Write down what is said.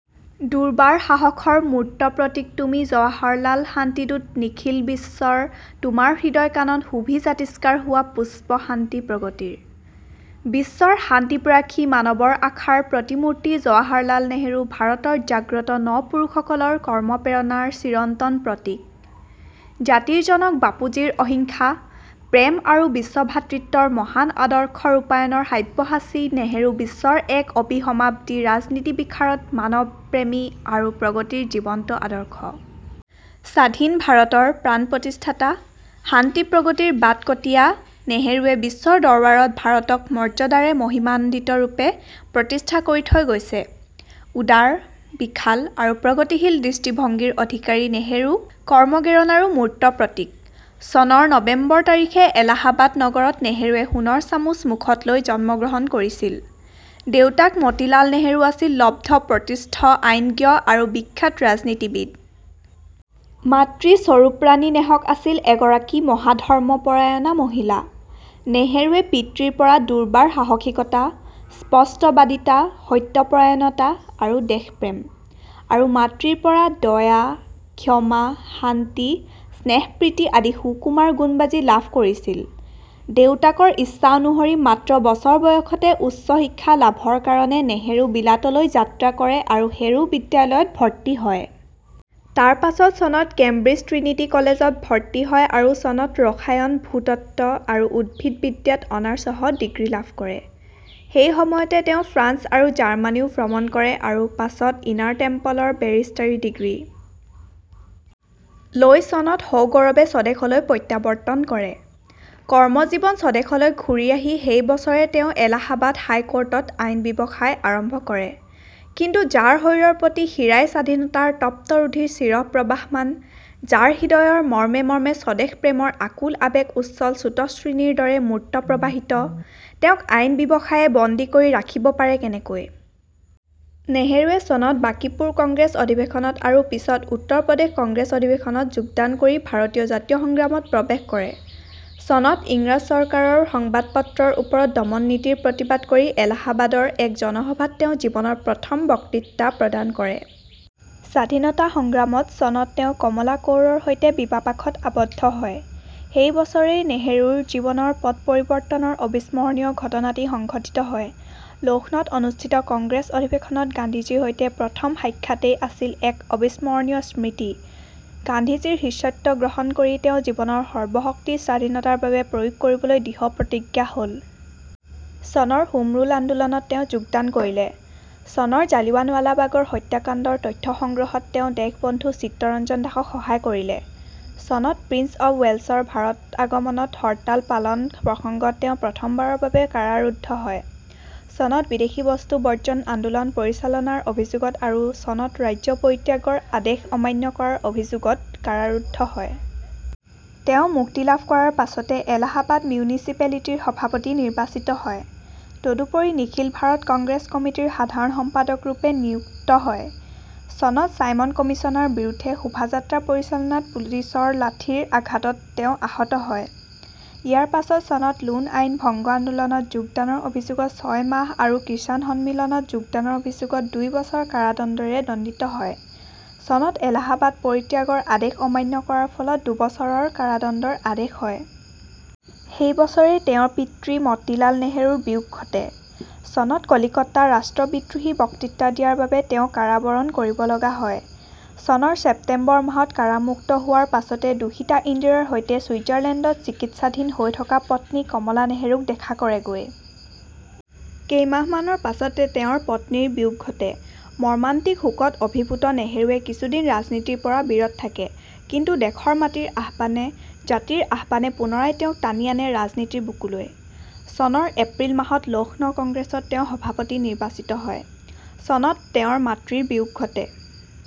দুৰ্বাৰ সাহসৰ মূৰ্ত প্ৰতীক তুমি জৱাহৰলাল শান্তিদূত নিখিল বিশ্বৰ তোমাৰ হৃদয় কানন শোভি জাতিষ্কাৰ হোৱা পুষ্প শান্তি প্ৰগতিৰ ৷৷ বিশ্বৰ শান্তি-প্ৰয়াসী মানৱৰ আশাৰ প্ৰতিমূৰ্তি জৱাহৰলাল নেহৰু ভাৰতৰ জাগ্ৰত ন-পুৰুষসকলৰ কৰ্মপ্ৰেৰণাৰ চিৰন্তন প্ৰতীক। জাতিৰ জনক বাপুজীৰ অহিংসা, প্ৰেম আৰু বিশ্বভ্ৰাতৃত্বৰ মহান আদৰ্শ ৰূপায়ণৰ সব্যসাচী নেহৰু বিশ্বৰ এক অবিসম্বাদী ৰাজনীতিবিশাৰদ, মানৱ-প্ৰেমী আৰু প্ৰগতিৰ জীৱন্ত আদৰ্শ। স্বাধীন ভাৰতৰ প্ৰাণ প্ৰতিষ্ঠাতা, শান্তি প্ৰগতিৰ বাটকটীয়া নেহৰুৱে বিশ্ব দৰবাৰত ভাৰতক মৰ্যাদাৰে মহিমামণ্ডিতৰূপে প্ৰতিষ্ঠা কৰি থৈ গৈছে। উদাৰ, বিশাল, আৰু প্ৰগতিশীল দৃষ্টিভংগীৰ অধিকাৰী নেহৰু কৰ্মগ্ৰেৰণাৰো মূৰ্ত প্ৰতীক। চনৰ নৱেম্বৰ তাৰিখে এলাহাবাদ নগৰত নেহৰুৱে সোণৰ চামুচ মুখত লৈ জন্মগ্ৰহণ কৰিছিল৷ দেউতাক মতিলাল নেহৰু আছিল লব্ধ প্ৰতিষ্ঠ আইনজ্ঞ আৰু বিখ্যাত ৰাজনীতিবিদ! মাতৃ স্বৰূপৰাণী নেহক আছিল এগৰাকী মহাধৰ্মপৰায়ণা মহিলা। নেহৰুৱে পিতৃৰপৰা দুৰ্বাৰ সাহসিকতা, স্পষ্টবাদিতা, সত্যপৰায়ণতা আৰু দেশপ্ৰেম; আৰু মাতৃৰপৰা দয়া, ক্ষমা, শান্তি, স্নেহ-প্ৰীতি আদি সুকুমাৰ গুণবাজি লাভ কৰিছিল। দেউতাকৰ ইচ্ছানুসৰি মাত্ৰ বছৰ বয়সতে উচ্চ শিক্ষা লাভৰ কাৰণে নেহৰু বিলাতলৈ যাত্ৰা কৰে আৰু "হেৰো" বিদ্যালয়ত ভৰ্তি হয়। তাৰ পাছত চনত কেম্ব্ৰিজ "ট্ৰিনিটি" কলেজত ভৰ্তি হয় আৰু চনত ৰসায়ন, ভূ-তত্ত্ব আৰু উদ্ভিদ বিদ্যাত অনাৰ্ছসহ ডিগ্ৰী লাভ কৰে। সেই সময়তে তেওঁ ফ্ৰান্স আৰু জাৰ্মানীও ভ্ৰমণ কৰে আৰু পাছত "ইনাৰ টেস্পল"ৰ বেৰিষ্টাৰী ডিগ্ৰী লৈ চনত সগৌৰৱে স্বদেশলৈ প্ৰত্যাৱৰ্তন কৰে৷ কৰ্মজীৱন স্বদেশলৈ ঘূৰি আহি সেই বছৰেই তেওঁ এলাহাবাদ হাইকোৰ্টত আইন ব্যৱসায় আৰম্ভ কৰে ৷ কিন্তু যাৰ শৰীৰৰ প্ৰতি শিৰাই স্বাধীনতাৰ তপ্ত ৰুধিৰ চিৰ প্ৰৱাহমান, যাৰ হৃদয়ৰ মৰ্মে মৰ্মে স্বদেশ প্ৰেমৰ আকুল আৱেগ উচ্ছল স্ৰোতস্বিনীৰ দৰেই মূৰ্ত প্ৰৱাহিত, তেওঁক আইন ব্যৱসায়ে বন্দী কৰি ৰাখিব পাৰে কেনেকৈ? নেহৰুৱে চনত বাঁকীপুৰ কংগ্ৰেছ অধিবেশনত আৰু পিছত উত্তৰ প্ৰদেশ কংগ্ৰেছ অধিৱেশনত যোগদান কৰি ভাৰতীয় জাতীয় সংগ্ৰামত প্ৰৱেশ কৰে। চনত ইংৰাজ চৰকাৰৰ সংবাদপত্ৰৰ ওপৰত দমননীতিৰ প্ৰতিবাদ কৰি এলাহাবাদৰ এক জনসভাত তেওঁ জীৱনৰ প্ৰথম বক্তৃতা প্ৰদান কৰে। স্বাধীনতা সংগ্ৰামত চনত তেওঁ কমলা কউৰৰ সৈতে বিবাহ-পাশত আবদ্ধ হয়। সেই বছৰেই নেহৰুৰ জীৱনৰ পট-পৰিৱৰ্তনৰ অবিস্মৰণীয় ঘটনাটি সংঘটিত হয়। লক্ষ্ণৌত অনুষ্ঠিত কংগ্ৰেছ অধিৱেশনত গান্ধীজীৰ সৈতে প্ৰথম সাক্ষাতেই আছিল এক অবিস্মৰণীয় স্মৃতি। গান্ধীজীৰ শিষ্যত্ব গ্ৰহণ কৰি তেওঁ জীৱনৰ সৰ্বশক্তি স্বাধীনতাৰ বাবে প্ৰয়োগ কৰিবলৈ দৃঢ় প্ৰতিজ্ঞা হ'ল। চনৰ হোমৰুল আন্দোলনত তেওঁ যোগদান কৰিলে। চনৰ জালিয়ানৱালাবাগৰ হত্যাকাণ্ডৰ তথ্য সংগ্ৰহত তেওঁ দেশবন্ধু চিত্তৰঞ্জন দাসক সহায় কৰিলে। চনত প্ৰিন্স অব্ ৱেলছৰ ভাৰত আগমনত হৰতাল পালন প্ৰসংগত তেওঁ প্ৰথমবাৰৰ বাবে কাৰাৰুদ্ধ হয়। চনত বিদেশী বস্তু বৰ্জন আন্দোলন পৰিচালনাৰ অভিযোগত আৰু চনত ৰাজ্য পৰিত্যাগৰ আদেশ অমান্য কৰাৰ অভিযোগত কাৰাৰুদ্ধ হয়। তেওঁ মুক্তি লাভ কৰাৰ পাছতে এলাহাবাদ মিউনিচিপেলিটিৰ সভাপতি নিৰ্বাচিত হয়; তদুপৰি নিখিল ভাৰত কংগ্ৰেছ কমিটীৰ সাধাৰণ সম্পাদকৰূপে নিযুক্ত হয়। চনত ছাইমন কমিছনৰ বিৰুদ্ধে শোভাযাত্ৰা পৰিচালনাত পুলিচৰ লাঠিৰ আঘাতত তেওঁ আহত হয়। ইয়াৰ পাছত চনত লোণ আইন ভংগ আন্দোলনত যোগদানৰ অভিযোগত ছয় মাহ আৰু কিষাণ সন্মিলনত যোগদানৰ অভিযোগত দুবছৰ কাৰাদণ্ডেৰে দণ্ডিত হয়; চনত এলাহাবাদ পৰিত্যাগৰ আদেশ অমান্য কৰাৰ ফলত দুবছৰৰ কাৰাদণ্ডৰ আদেশ হয়। সেই বছৰেই তেওঁৰ পিতৃ মতিলাল নেহৰুৰ বিয়োগ ঘটে। চনত কলিকতা ৰাষ্ট্ৰ বিদ্ৰোহী বক্তৃতা দিয়াৰ বাবে তেওঁ কাৰাবৰণ কৰিব লগা হয়। চনৰ ছেপ্তেম্বৰ মাহত কাৰামুক্ত হোৱাৰ পাছতে দুহিতা ইন্দিৰাৰ সৈতে ছুইজাৰলেণ্ডত চিকিৎসাধীন হৈ থকা পত্নী কমলা নেহৰুক দেখা কৰেগৈ। কেইমাহমানৰ পাছতে তেওঁৰ পত্নীৰ বিয়োগ ঘটে। মৰ্মান্তিক শোকত অভিভূত নেহৰুৱে কিছুদিন ৰাজনীতিৰপৰা বিৰত থাকে। কিন্তু দেশৰ মাটিৰ আহ্বানে, জাতিৰ আহ্বানে পুনৰায় তেওঁক টানি আনে ৰাজনীতিৰ বুকুলৈ; চনৰ এপ্ৰিল মাহত লক্ষ্ণৌ কংগ্ৰেছত তেওঁ সভাপতি নিৰ্বাচিত হয়। চনত তেওঁৰ মাতৃৰ বিয়োগ ঘটে।